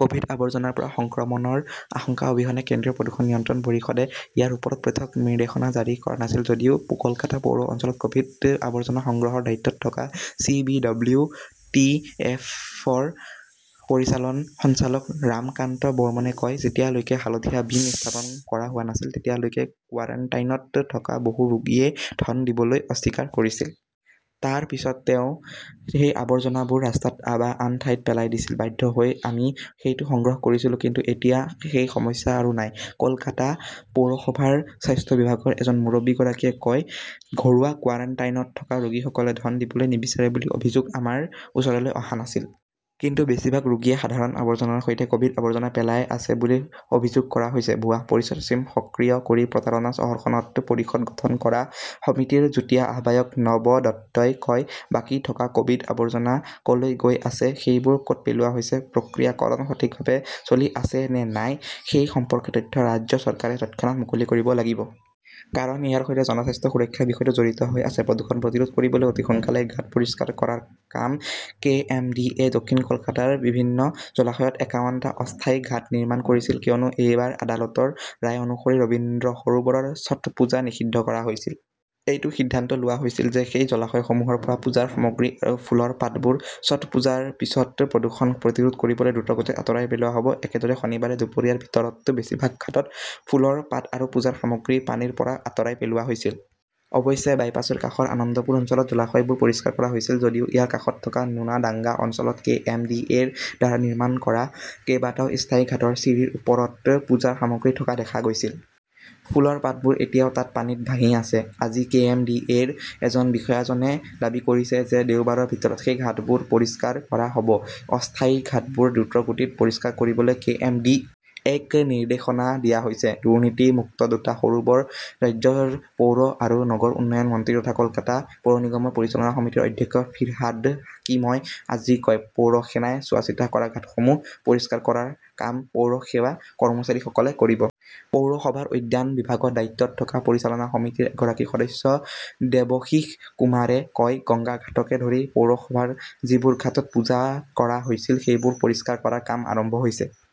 কভিড-আৱৰ্জনাৰ পৰা সংক্ৰমণৰ আশংকা অবিহনে কেন্দ্ৰীয় প্ৰদূষণ নিয়ন্ত্ৰণ পৰিষদে ইয়াৰ ওপৰত পৃথক নিৰ্দেশনা জাৰি কৰা নাছিল। যদিও কলকাতা পৌৰ অঞ্চলত কভিড-আৱৰ্জনা সংগ্ৰহৰ দায়িত্বত থকা C. B. W. T. F. -ৰ পৰিচালন সঞ্চালক ৰামকান্ত বৰ্মনে কয়, যেতিয়ালৈকে হালধীয়া বীন স্থাপন কৰা হোৱা নাছিল তেতিয়ালৈকে কোৱাৰাণ্টাইনত থকা বহু ৰোগীয়ে ধন দিবলৈ অস্বীকাৰ কৰিছিল। তাৰ পিছত তেওঁ সেই আৱৰ্জনাবোৰ ৰাস্তাত বা আন ঠাইত পেলাই দিছিল। বাধ্য হৈ আমি সেইটো সংগ্ৰহ কৰিছিলো। কিন্তু এতিয়া সেই সমস্যা আৰু নাই। কলকাতা পৌৰসভাৰ স্বাস্থ্য বিভাগৰ এজন মুৰব্বীগৰাকীয়ে কয়, ঘৰুৱা কোৱাৰাণ্টাইনত থকা ৰোগীসকলে ধন দিবলৈ নিবিচাৰে বুলি অভিযোগ আমাৰ ওচৰলৈ অহা নাছিল। কিন্তু বেছিভাগ ৰোগীয়ে সাধাৰণ আৱৰ্জনাৰ সৈতে কভিড-আৱৰ্জনা পেলাই আছে বুলি অভিযোগ কৰা হৈছে। ভুৱা পৰিচয়ত ছিম সক্ৰিয় কৰি প্ৰতাৰণা চহৰখনত পৰিষদ গঠন কৰা সমিতিৰ যুটীয়া আহ্বায়ক নব দত্তই কয়, বাকী থকা কভিড-আৱৰ্জনা কলৈ গৈ আছে, সেইবোৰ কত পেলোৱা হৈছে, প্ৰক্ৰিয়াকৰণ সঠিকভাৱে চলি আছে নে নাই সেই সম্পৰ্কে তথ্য ৰাজ্য চৰকাৰে তৎক্ষণাত মুকলি কৰিব লাগিব। কাৰণ ইয়াৰ সৈতে জনস্বাস্থ্য সুৰক্ষাৰ বিষয়টো জড়িত হৈ আছে। প্ৰদূষণ প্ৰতিৰোধ কৰিবলৈ অতি সোনকালে ঘাট পৰিষ্কাৰ কৰাৰ কাম কে. এম. ডি. এ. দক্ষিণ কলকাতাৰ বিভিন্ন জলাশয়ত একাৱন টা অস্থায়ী ঘাট নিৰ্মাণ কৰিছিল কিয়নো এইবাৰ আদালতৰ ৰায় অনুসৰি ৰবীন্দ্ৰ সৰোবৰৰ ছটপুজা নিষিদ্ধ কৰা হৈছিল। এইটো সিদ্ধান্ত লোৱা হৈছিল যে সেই জলাশয়সমূহৰ পৰা পূজাৰ সামগ্ৰী আৰু ফুলৰ পাতবোৰ ছটপুজাৰ পিছত প্ৰদূষণ প্ৰতিৰোধ কৰিবলৈ দ্ৰুতগতিত আঁতৰাই পেলোৱা হ'ব। একেদৰে, শনিবাৰে দুপৰীয়াৰ ভিতৰত বেছিভাগ ঘাটত ফুলৰ পাত আৰু পূজাৰ সামগ্ৰী পানীৰ পৰা আঁতৰাই পেলোৱা হৈছিল। অৱশ্যে, বাইপাছৰ কাষৰ আনন্দপুৰ অঞ্চলত জলাশয়বোৰ পৰিষ্কাৰ কৰা হৈছিল যদিও ইয়াৰ কাষত থকা নোনাডাঙ্গা অঞ্চলত কে. এম. ডি. এ. -ৰ দ্বাৰা নিৰ্মাণ কৰা কেইবাটাও স্থায়ী ঘাটৰ চিৰিৰ ওপৰত পূজাৰ সামগ্ৰী থকা দেখা গৈছিল। ফুলৰ পাতবোৰ এতিয়াও তাত পানীত ভাহি আছে। আজি, কে. এম. ডি. এ. -ৰ এজন বিষয়াজনে দাবী কৰিছে যে দেওবাৰৰ ভিতৰত সেই ঘাটবোৰ পৰিষ্কাৰ কৰা হ 'ব। অস্থায়ী ঘাটবোৰ দ্ৰুতগতিত পৰিষ্কাৰ কৰিবলৈ কে. এম. ডি. এ. ক নিৰ্দেশ দিয়া হৈছে, দুৰ্নীতি-মুক্ত দুটা সৰোবৰ ৰাজ্যৰ পৌৰ আৰু নগৰ উন্নয়ন মন্ত্ৰী তথা কলকাতা পৌৰ নিগমৰ পৰিচালনা সমিতিৰ অধ্যক্ষ ফিৰহাদ হাকিমই আজি কয়। পৌৰসেনাই চোৱাচিতা কৰা ঘাটসমূহ পৰিষ্কাৰ কৰাৰ কাম পৌৰসেৱা কৰ্মচাৰীসকলে কৰিব। পৌৰসভাৰ উদ্যান বিভাগৰ দায়িত্বত থকা পৰিচালনা সমিতিৰ এগৰাকী সদস্য দেৱশীশ কুমাৰে কয়, গংগা ঘাটকে ধৰি পৌৰসভাৰ যিবোৰ ঘাটত পূজা কৰা হৈছিল সেইবোৰ পৰিষ্কাৰ কৰাৰ কাম আৰম্ভ হৈছে।